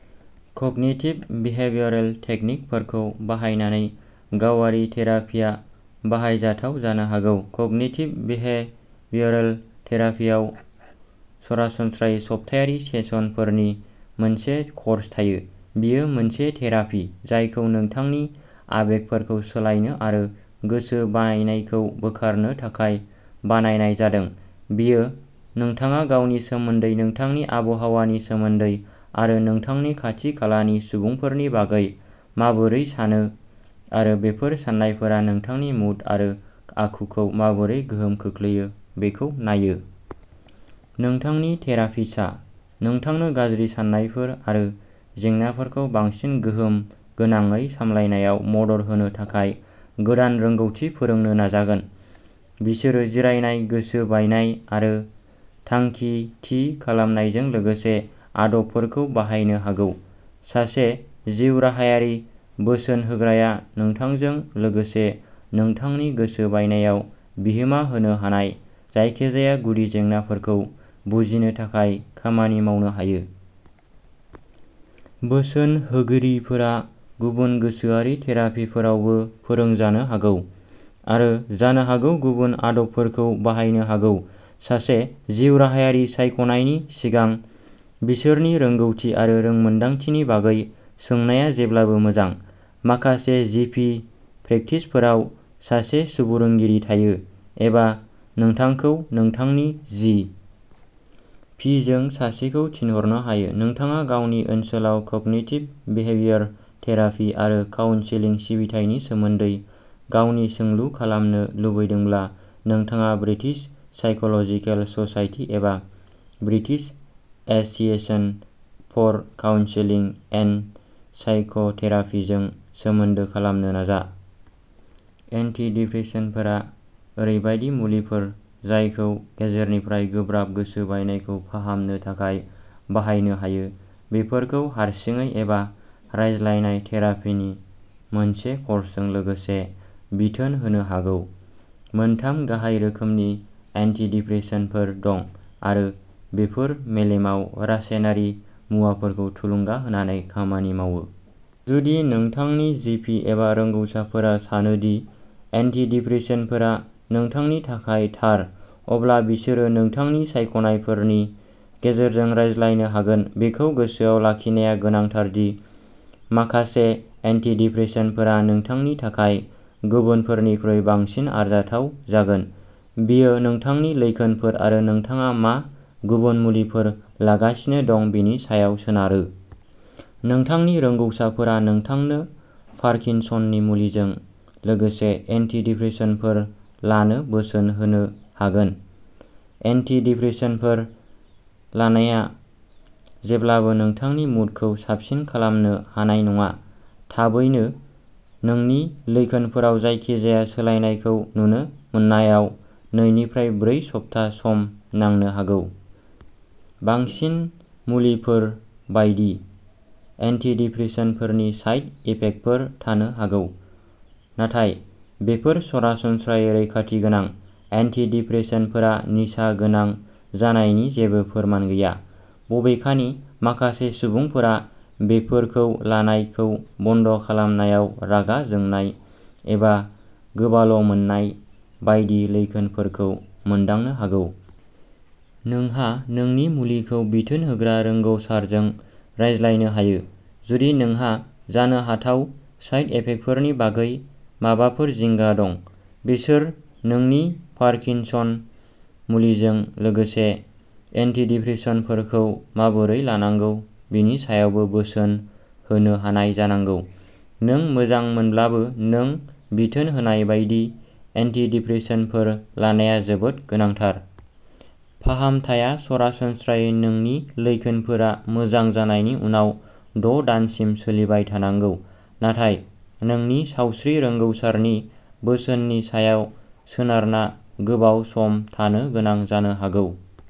Cognitive behavioural टेकनिकफोरखौ बाहायनानै गावारि थेरापीआ बाहायजाथाव जानो हागौ। कग्निटिभ बिहेवियरल थेरापीआव सरासनस्रायै सप्तायारि सेसनफोरनि मोनसे कर्स थायो। बेयो मोनसे थेरापी जायखौ नोंथांनि आबेगफोरखौ सोलायनो आरो गोसो बायनायखौ बोखारनो थाखाय बानायनाय जादों। बेयो नोंथाङा गावनि सोमोन्दै, नोंथांनि आबहावानि सोमोन्दै आरो नोंथांनि खाथि-खालानि सुबुंफोरनि बागै माबोरै सानो, आरो बेफोर साननायफोरा नोंथांनि मुड आरो आखुखौ माबोरै गोहोम खोख्लैयो बेखौ नायो। नोंथांनि थेरापिस्टआ नोंथांनो गाज्रि साननायफोर आरो जेंनाफोरखौ बांसिन गोहोम गोनाङै सामलायनायाव मदद होनो थाखाय गोदान रोंग'थि फोरोंनो नाजागोन। बिसोरो जिरायनाय, गोसो बायनाय आरो थांखि थि खालामनायजों लोगोसे आदबफोरखौ बाहायनो हागौ। सासे जिउराहायारि बोसोन होग्राया नोंथांजों लोगोसे नोंथांनि गोसो बायनायाव बिहोमा होनो हानाय जायखिजाया गुदि जेंनाफोरखौ बुजिनो थाखाय खामानि मावनो हायो। बोसोन होगिरिफोरा गुबुन गोसोआरि थेरापीफोरावबो फोरोंजानो हागौ आरो जानो हागौ गुबुन आदबफोरखौ बाहायनो हागौ। सासे जिउराहायारि सायख'नायनि सिगां, बिसोरनि रोंग'थि आरो रोंमोनदांथिनि बागै सोंनाया जेब्लाबो मोजां। माखासे जि. पि. प्रेक्टिसफोराव सासे सुबुरुनगिरि थायो, एबा नोंथांखौ नोंथांनि जि. पि. जों सासेखौ थिनहरनो हायो। नोंथाङा गावनि ओनसोलाव कग्निटिभ बिहेवियर थेरापि एबा काउन्सेलिं सिबिथायनि सोमोन्दै गावनि सोंलु खालामनो लुबैदोंब्ला, नोंथाङा ब्रिटिश साइक'लजिकेल ससाइटि एबा British association for counselling and psychotherapy जों सोमोन्दो खालामनो नाजा। एन्टिडिप्रेसेन्टफोरा ओरैबायदि मुलिफोर जायखौ गेजेरनिफ्राय गोब्राब गोसो बायनायखौ फाहामनो थाखाय बाहायनो हायो। बेफोरखौ हारसिङै एबा रायज्लायनाय थेरापिनि मोनसे कर्सजों लोगोसे बिथोन होनो हागौ। मोन थाम गाहाय रोखोमनि एन्टिडिप्रेसेन्टफोर दं, आरो बेफोर मेलेमाव रासायनारि मुवाफोरखौ थुलुंगा होनानै खामानि मावो। जुदि नोंथांनि जि. पि. एबा रोंग'साफोरा सानो दि एन्टिडिप्रेसेन्टफोरा नोंथांनि थाखाय थार, अब्ला बिसोरो नोंथांनि सायख'नायफोरनि गेजेरजों रायज्लायनो हागोन। बेखौ गोसोआव लाखिनाया गोनांथार दि माखासे एन्टिडिप्रेसेन्टफोरा नोंथांनि थाखाय गुबुनफोरनिख्रुइ बांसिन आरजाथाव जागोन बेयो नोंथांनि लैखोनफोर आरो नोंथाङा मा गुबुन मुलिफोर लागासिनो दं बेनि सायाव सोनारो। नोंथांनि रोंग'साफोरा नोंथांनो पार्किनसननि मुलिजों लोगोसे एन्टिडिप्रेसेन्टफोर लानो बोसोन होनो हागोन। एन्टिडिप्रेसेन्टफोर लानाया जेब्लाबो नोंथांनि मुडखौ साबसिन खालामनो हानाय नङा। थाबैनो नोंनि लैखोनफोराव जायखिजाया सोलायनायखौ नुनो मोननायाव नै निफ्राय ब्रै सप्ता सम नांनो हागौ। बांसिन मुलिफोर बायदि, एन्टिदिप्रेसेन्टफोरनि साइड इफेक्टफोर थानो हागौ, नाथाय बेफोर सरासनस्रायै रैखाथि गोनां। एन्टिदिप्रेसेन्टफोरा निसा गोनां जानायनि जेबो फोरमान गैया, बबेखानि माखासे सुबुंफोरा बेफोरखौ लानायखौ बन्द खालामनायाव रागा जोंनाय एबा गोबाल'मोननाय बायदि लैखोनफोरखौ मोनदांनो हागौ। नोंहा नोंनि मुलिखौ बिथोन होग्रा रोंग'सारजों रायज्लायनो हायो जुदि नोंहा जानो हाथाव साइड इफेक्टफोरनि बागै माबाफोर जिंगा दं। बिसोर नोंनि पार्किनसन मुलिजों लोगोसे एन्टिदिप्रेसेन्टफोरखौ माबोरै लानांगौ बेनि सायावबो बोसोन होनो हानाय जानांगौ। नों मोजां मोनब्लाबो, नों बिथोन होनाय बायदि एन्टिदिप्रेसेन्टफोर लानाया जोबोद गोनांथार। फाहामथाया सरासनस्रायै नोंनि लैखोनफोरा मोजां जानायनि उनाव द' दानसिम सोलिबाय थानांगौ, नाथाय नोंनि सावस्रि रोंग'सारनि बोसोननि सायाव सोनारना गोबाव सम थानो गोनां जानो हागौ।